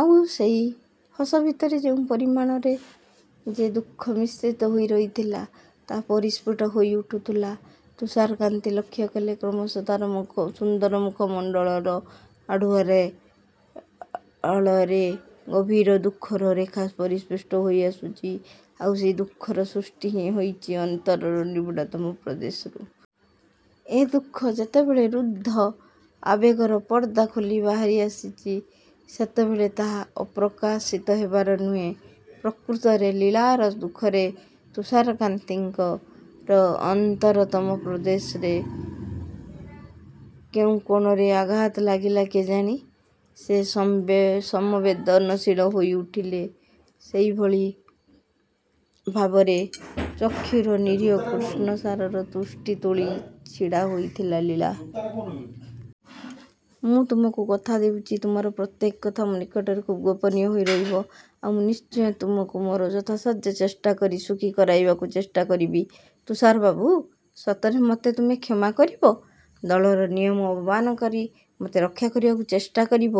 ଆଉ ସେହି ହସ ଭିତରେ କେଉଁ ପରିମାଣରେ ଯେ ଦୁଃଖ ମିଶ୍ରିତ ହୋଇ ରହିଥିଲା, ତାହା ପରିଷ୍ଫୁଟ ହୋଇଉଠୁଥିଲା। ତୁଷାରକାନ୍ତି ଲକ୍ଷ୍ୟ କଲେ, କ୍ରମଶଃ ତାର ସୁନ୍ଦର ମୁଖମଣ୍ଡଳର ଆଢ଼ୁଆଳରେ ଗଭୀର ଦୁଃଖର ରେଖା ପରିଷ୍ଫୁଟ ହୋଇ ଆସୁଛି। ଆଉ ସେହି ଦୁଃଖର ସୃଷ୍ଟି ହିଁ ହୋଇଛି ଅନ୍ତରର ନିବିଡ଼ତମ ପ୍ରଦେଶରୁ। ଏ ଦୁଃଖ ଯେତେବେଳେ ରୁଦ୍ଧ ଆବେଗର ପର୍ଦ୍ଦା ଖୋଲି ବାହାରି ଆସିଛି, ସେତେବେଳେ ତାହା ଅପ୍ରକାଶିତ ହେବାର ନୁହେଁ। ପ୍ରକୃତରେ ଲୀଳାର ଦୁଃଖରେ ତୁଷାରକାନ୍ତିଙ୍କର ଅନ୍ତରତମ ପ୍ରଦେଶର କେଉଁ କୋଣରେ ଆଘାତ ଲାଗିଲା କେଜାଣି, ସେ ସମବେଦନଶୀଳ ହୋଇଉଠିଲେ। ସେହିଭଳି ଭାବରେ ଚକ୍ଷୁରେ ନିରୀହ କୃଷ୍ଣସାରର ଦୃଷ୍ଟି ତୋଳି ଛିଡ଼ା ହୋଇଥିଲା ଲୀଳା। ମୁଁ ତୁମକୁ କଥା ଦେଉଛି, ତୁମର ପ୍ରତ୍ୟେକ କଥା ମୋ ନିକଟରେ ଖୁବ୍ ଗୋପନୀୟ ହୋଇ ରହିବ। ଆଉ ମୁଁ ନିଶ୍ଚୟ ତୁମକୁ ମୋର ଯଥାସାଧ୍ୟ ଚେଷ୍ଟା କରି ସୁଖୀ କରାଇବାକୁ ଚେଷ୍ଟା କରିବି। ତୁଷାର ବାବୁ, ସତରେ ମୋତେ ତୁମେ କ୍ଷମା କରିବ? ଦଳର ନିୟମ ଅବମାନନା କରି ମୋତେ ରକ୍ଷା କରିବାକୁ ଚେଷ୍ଟା କରିବ?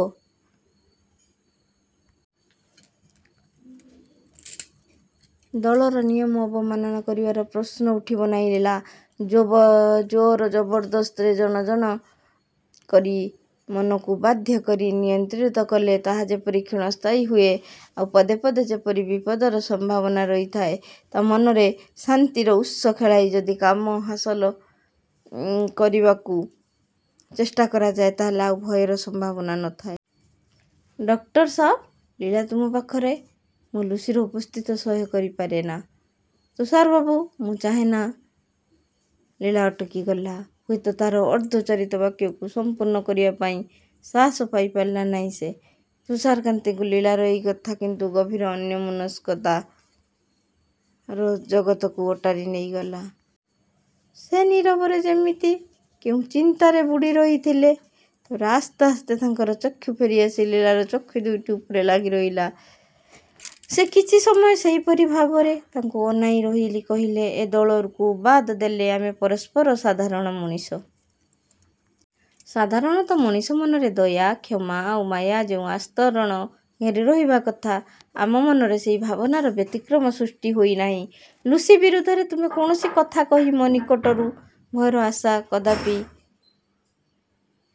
ଦଳର ନିୟମ ଅବମାନନା କରିବାର ପ୍ରଶ୍ନ ଉଠିବ ନାହିଁ ଲୀଳା। ଜୋର୍‌ଜବରଦସ୍ତରେ ଜଣକର ମନକୁ ବାଧ୍ୟ କରି ନିୟନ୍ତ୍ରିତ କଲେ ତାହା ଯେପରି କ୍ଷୀଣସ୍ଥାୟୀ ହୁଏନଆଉ ପଦେ ପଦେ ଯେପରି ବିପଦର ସମ୍ଭାବନା ରହିଥାଏ ତା ମନରେ ଶାନ୍ତିର ଉତ୍ସ ଖେଳାଇ ଯଦି କାମ ହାସଲ କରିବାକୁ ଚେଷ୍ଟା କରାଯାଏ ତା ହେଲେ ଆଉ ଭୟର ସମ୍ଭାବନା ନଥାଏ। ଡକ୍ଟର ସାବ ଲୀଳା ତୁମ ପାଖରେ ମୁଁ ଲୁସିର ଉପସ୍ଥିତି ସହ୍ୟ କରିପାରେନା ତୁଷାର ବାବୁ। ମୁଁ ମୁଁ ଚାହେଁନା ଲୀଳା ଅଟକିଗଲା ହୁଏତ ତାର ଅର୍ଦ୍ଧୋଚ୍ଚାରିତ ବାକ୍ୟକୁ ସମ୍ପୂର୍ଣ୍ଣ କରିବା ପାଇଁ ସାହସ ପାଇପାରିଲା ନାହିଁ ସେ। ତୁଷାରକାନ୍ତିଙ୍କୁ ଲୀଳାର ଏହି କଥା କିନ୍ତୁ ଗଭୀର ଅନ୍ୟମନସ୍କତାର ଜଗତକୁ ଓଟାରି ନେଇଗଲା। ସେ ନୀରବରେ ଯେମିତି କେଉଁ ଚିନ୍ତାରେ ବୁଡ଼ି ରହିଥିଲେ। ତା ପରେ ଆସ୍ତେ ଆସ୍ତେ ତାଙ୍କର ଚକ୍ଷୁ ଫେରି ଆସି ଲୀଳାର ଚକ୍ଷୁ ଦୁଇଟି ଉପରେ ଲାଗିରହିଲା। ସେ କିଛି ସମୟ ସେହିପରି ଭାବରେ ତାକୁ ଅନାଇ ରହି କହିଲେ ଏ ଦଳକୁ ବାଦ୍ ଦେଲେ ଆମେ ପରସ୍ପର ସାଧାରଣ ମଣିଷ। ସାଧାରଣତଃ ମଣିଷ ମନରେ ଦୟା, କ୍ଷମା ଆଉ ମାୟାର ଯେଉଁ ଆସ୍ତରଣ ଘେରି ରହିବା କଥା ଆମ ମନରେ ସେହି ଭାବନାର ବ୍ୟତିକ୍ରମ ସୃଷ୍ଟି ହୋଇନାହିଁ। ଲୁସି ବିରୁଦ୍ଧରେ ତୁମେ କୌଣସି କଥା କହି ମୋ ନିକଟରୁ ଭୟର ଆଶା କଦାପି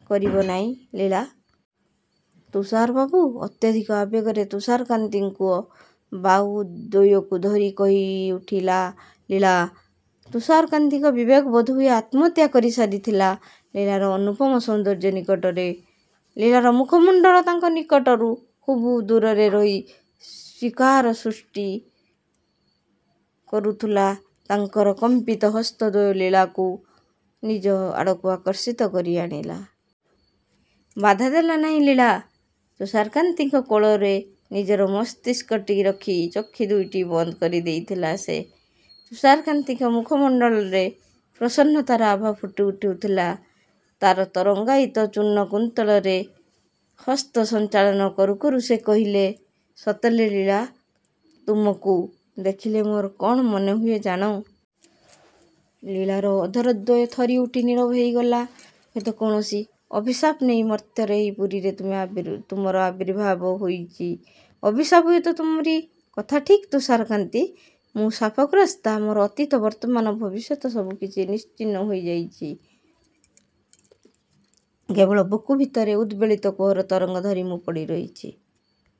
କରିବ ନାହିଁ ଲୀଳା। ତୁଷାର ବାବୁ ଅତ୍ୟଧିକ ଆବେଗରେ ତୁଷାରକାନ୍ତିଙ୍କ ବାହୁଦ୍ୱୟକୁ ଧରି କହିଉଠିଲା ଲୀଳା। ତୁଷାରକାନ୍ତିଙ୍କ ବିବେକ ବୋଧହୁଏ ଆତ୍ମହତ୍ୟା କରିସାରିଥିଲା ଲୀଳାର ଅନୁପମ ସୌନ୍ଦର୍ଯ୍ୟ ନିକଟରେ। ଲୀଳାର ମୁଖମଣ୍ଡଳ ତାଙ୍କ ନିକଟରୁ ଖୁବ୍ ଅଳ୍ପ ଦୂରରେ ରହି ସୀତ୍କାର ସୃଷ୍ଟି କରୁଥିଲା। ତାଙ୍କର କମ୍ପିତ ହସ୍ତଦ୍ୱୟ ଲୀଳାକୁ ନିଜ ଆଡ଼କୁ ଆକର୍ଷିତ କରି ଆଣିଲା। ବାଧା ଦେଲା ନାହିଁ ଲୀଳା। ତୁଷାରକାନ୍ତିଙ୍କ କୋଳରେ ନିଜର ମସ୍ତିଷ୍କଟି ରଖି ଚକ୍ଷୁ ଦୁଇଟି ବନ୍ଦ କରିଦେଇଥିଲା ସେ। ତୁଷାରକାନ୍ତିଙ୍କ ମୁଖମଣ୍ଡଳରେ ପ୍ରସନ୍ନତାର ଆଭା ଫୁଟିଉଠୁଥିଲା। ତାର ତରଙ୍ଗାୟିତ ଚୂର୍ଣ୍ଣ କୁନ୍ତଳରେ ହସ୍ତ ସଞ୍ଚାଳନ କରୁ କରୁ ସେ କହିଲେ, ସତରେ ଲୀଳା, ତୁମକୁ ଦେଖିଲେ ମୋର କଣ ମନେହୁଏ ଜାଣ? ଲୀଳାର ଅଧରଦ୍ୱୟ ଥରିଉଠି ନୀରବ ହୋଇଗଲା। ହୁଏତ କୌଣସି ଅଭିଶାପ ନେଇ ମର୍ତ୍ତ୍ୟର ଏହି ପୁରୀରେ ତୁମର ଆବିର୍ଭାବ ହୋଇଛି। ଅଭିଶାପ ହୁଏତ ତୁମରି କଥା ଠିକ୍ ତୁଷାରକାନ୍ତି। ମୁଁ ଶାପଗ୍ରସ୍ତା। ମୋର ଅତୀତ, ବର୍ତ୍ତମାନ, ଭବିଷ୍ୟତ ସବୁ କିଛି ନିଶ୍ଚିହ୍ନ ହୋଇଯାଇଛି। କେବଳ ବୁକୁ ଭିତରେ ଉଦ୍‌ବେଳିତ କୋହର ତରଙ୍ଗ ଧରି ମୁଁ ପଡ଼ିରହିଛି।